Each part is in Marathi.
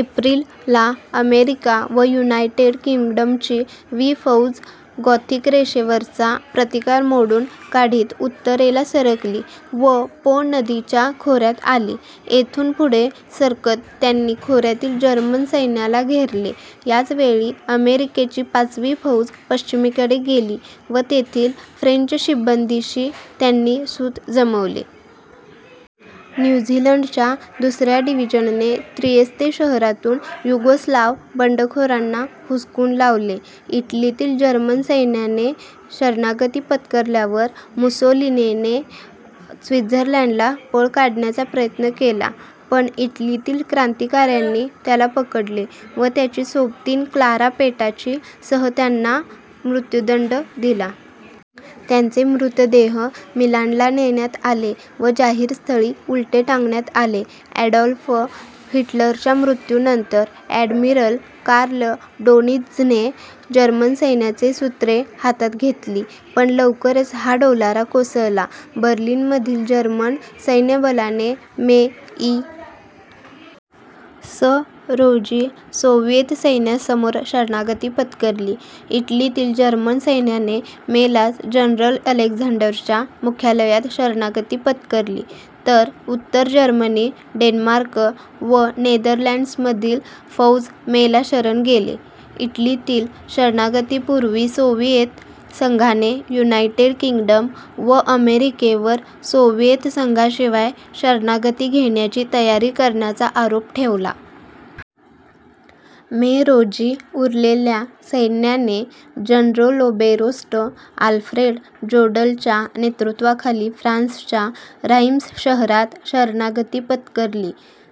एप्रिल ला अमेरिका व युनायटेड किंग्डमची वी फौज गॉथिक रेषेवरचा प्रतिकार मोडून काढीत उत्तरेला सरकली व पो नदीच्या खोऱ्यात आली. येथून पुढे सरकत त्यांनी खोऱ्यातील जर्मन सैन्याला घेरले. याच वेळी अमेरिकेची पाचवी फौज पश्चिमेकडे गेली व तेथील फ्रेंच शिबंदीशी त्यांनी सूत जमवले. न्यू झीलंडच्या दुसऱ्या डिव्हीजनने त्रियेस्ते शहरातून युगोस्लाव्ह बंडखोरांना हुसकून लावले. इटलीतील जर्मन सैन्याने शरणागती पत्करल्यावर मुसोलिनीने स्वित्झर्लंडला पळ काढण्याचा प्रयत्न केला पण इटलीतील क्रांतीकाऱ्यांनी त्याला पकडले व त्याची सोबतीण क्लारा पेटाची सह त्यांना मृत्युदंड दिला. त्यांचे मृतदेह मिलानला नेण्यात आले व जाहीर स्थळी उलटे टांगण्यात आले. ॲडॉल्फ हिटलरच्या मृत्यूनंतर ॲडमिरल कार्ल डोनित्झने जर्मन सैन्याचे सूत्रे हातात घेतली पण लवकरच हा डोलारा कोसळला. बर्लिनमधील जर्मन सैन्यबलाने मे, इ. स. रोजी सोव्हिएत सैन्यासमोर शरणागती पत्करली. इटलीतील जर्मन सैन्याने मेलाच जनरल अलेक्झांडरच्या मुख्यालयात शरणागती पत्करली तर उत्तर जर्मनी, डेन्मार्क व नेदरलँड्समधील फौज मेला शरण गेले. इटलीतील शरणागतीपूर्वी सोव्हिएत संघाने युनायटेड किंग्डम व अमेरिकेवर सोव्हिएत संघाशिवाय शरणागती घेण्याची तयारी करण्याचा आरोप ठेवला. मे रोजी उरलेल्या सैन्याने जनरलोबेरोस्ट आल्फ्रेड जोड्लच्या नेतृत्वाखाली फ्रान्सच्या ऱ्हाइम्स शहरात शरणागती पत्करली.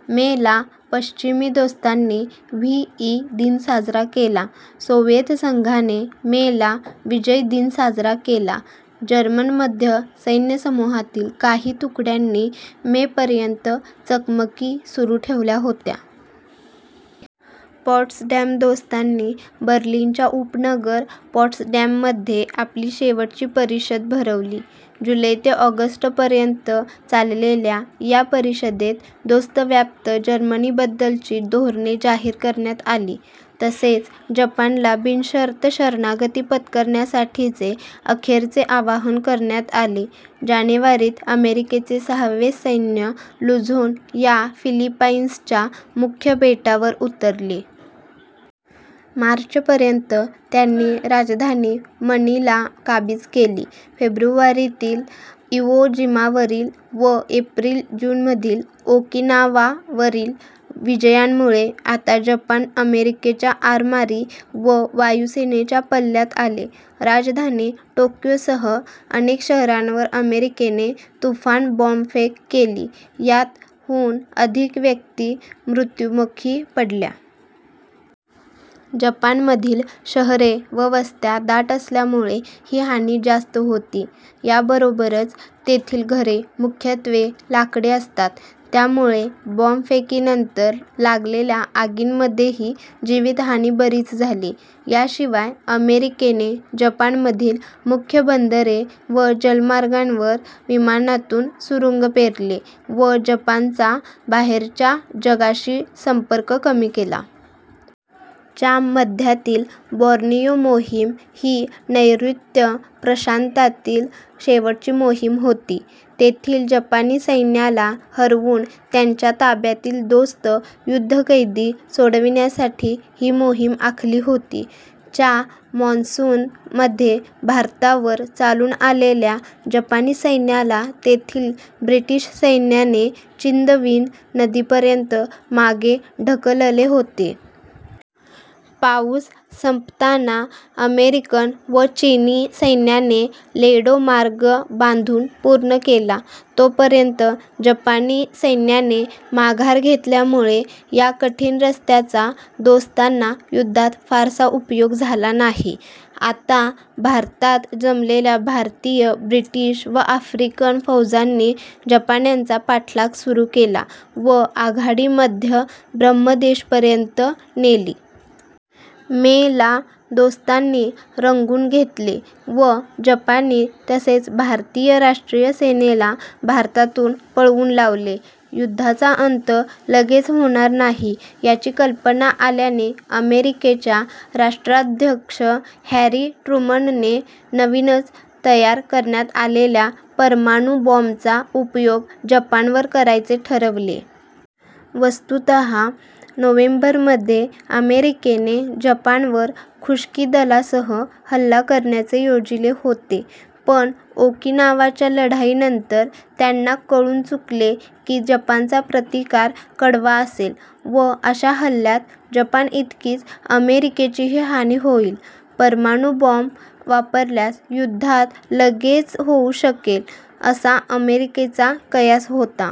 मे ला पश्चिमी दोस्तांनी व्ही. ई. दिन साजरा केला. सोव्हिएत संघाने मे ला विजय दिन साजरा केला. जर्मन मध्य सैन्यसमूहातील काही तुकड्यांनी मे - पर्यंत चकमकी सुरू ठेवल्या होत्या. पॉट्सडॅम दोस्तांनी बर्लिनच्या उपनगर पॉट्सडॅममध्ये आपली शेवटची परिषद भरवली. जुलै ते ऑगस्ट पर्यंत चाललेल्या या परिषदेत दोस्तव्याप्त जर्मनीबद्दलची धोरणे जाहीर करण्यात आली तसेच जपानला बिनशर्त शरणागती पत्करण्यासाठीचे अखेरचे आवाहन करण्यात आले. जानेवारीत अमेरिकेचे सहावे सैन्य लुझोन या फिलिपाईन्सच्या मुख्य बेटावर उतरले. मार्चपर्यंत त्यांनी राजधानी मनिला काबीज केली. फेब्रुवारीतील इवो जिमावरील व एप्रिल-जूनमधील ओकिनावावरील विजयांमुळे आता जपान अमेरिकेच्या आरमारी व वायुसेनेच्या पल्ल्यात आले. राजधानी टोक्योसह अनेक शहरांवर अमेरिकेने तुफान बॉम्बफेक केली. यात, हून अधिक व्यक्ती मृत्युमुखी पडल्या. जपानमधील शहरे व वस्त्या दाट असल्यामुळे ही हानी जास्त होती. या बरोबरच तेथील घरे मुख्यत्वे लाकडी असतात त्यामुळे बॉम्बफेकीनंतर लागलेल्या आगींमध्येही जीवितहानी बरीच झाली. या शिवाय अमेरिकेने जपानमधील मुख्य बंदरे व जलमार्गांवर विमानांतून सुरूंग पेरले व जपानचा बाहेरच्या जगाशी संपर्क कमी केला. च्या मध्यातील बॉर्नियो मोहीम ही नैर्ऋत्य प्रशांतातील शेवटची मोहीम होती. तेथील जपानी सैन्याला हरवून त्यांच्या ताब्यातील दोस्त युद्धकैदी सोडविण्यासाठी ही मोहीम आखली होती. च्या मॉन्सून मध्ये भारतावर चालून आलेल्या जपानी सैन्याला तेथील ब्रिटिश सैन्याने चिंदविन नदीपर्यंत मागे ढकलले होते. पाऊस संपताना अमेरिकन व चिनी सैन्याने लेडो मार्ग बांधून पूर्ण केला. तोपर्यंत जपानी सैन्याने माघार घेतल्यामुळे या कठीण रस्त्याचा दोस्तांना युद्धात फारसा उपयोग झाला नाही. आता भारतात जमलेल्या भारतीय, ब्रिटिश व आफ्रिकन फौजांनी जपान्यांचा पाठलाग सुरू केला व आघाडी मध्य ब्रह्मदेशपर्यंत नेली. मे ला दोस्तांनी रंगून घेतले व जपानी तसेच भारतीय राष्ट्रीय सेनेला भारतातून पळवून लावले. युद्धाचा अंत लगेच होणार नाही याची कल्पना आल्याने अमेरिकेच्या राष्ट्राध्यक्ष हॅरी ट्रुमनने नवीनच तयार करण्यात आलेल्या परमाणु बॉम्बचा उपयोग जपानवर करायचे ठरवले. वस्तुतः नोव्हेंबरमध्ये अमेरिकेने जपानवर खुश्कीदलासह हल्ला करण्याचे योजिले होते पण ओकिनावाच्या लढाईनंतर त्यांना कळून चुकले की जपानचा प्रतिकार कडवा असेल व अशा हल्ल्यात जपानइतकीच अमेरिकेचीही हानी होईल. परमाणुबॉम्ब वापरल्यास युद्धांत लगेच होऊ शकेल असा अमेरिकेचा कयास होता.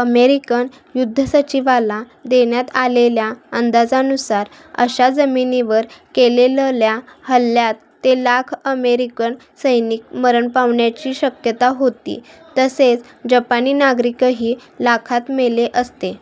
अमेरिकन युद्धसचिवाला देण्यात आलेल्या अंदाजानुसार अशा जमिनीवर केलेलल्या हल्ल्यात ते लाख अमेरिकन सैनिक मरण पावण्याची शक्यता होती. तसेच जपानी नागरिकही लाखांत मेले असते.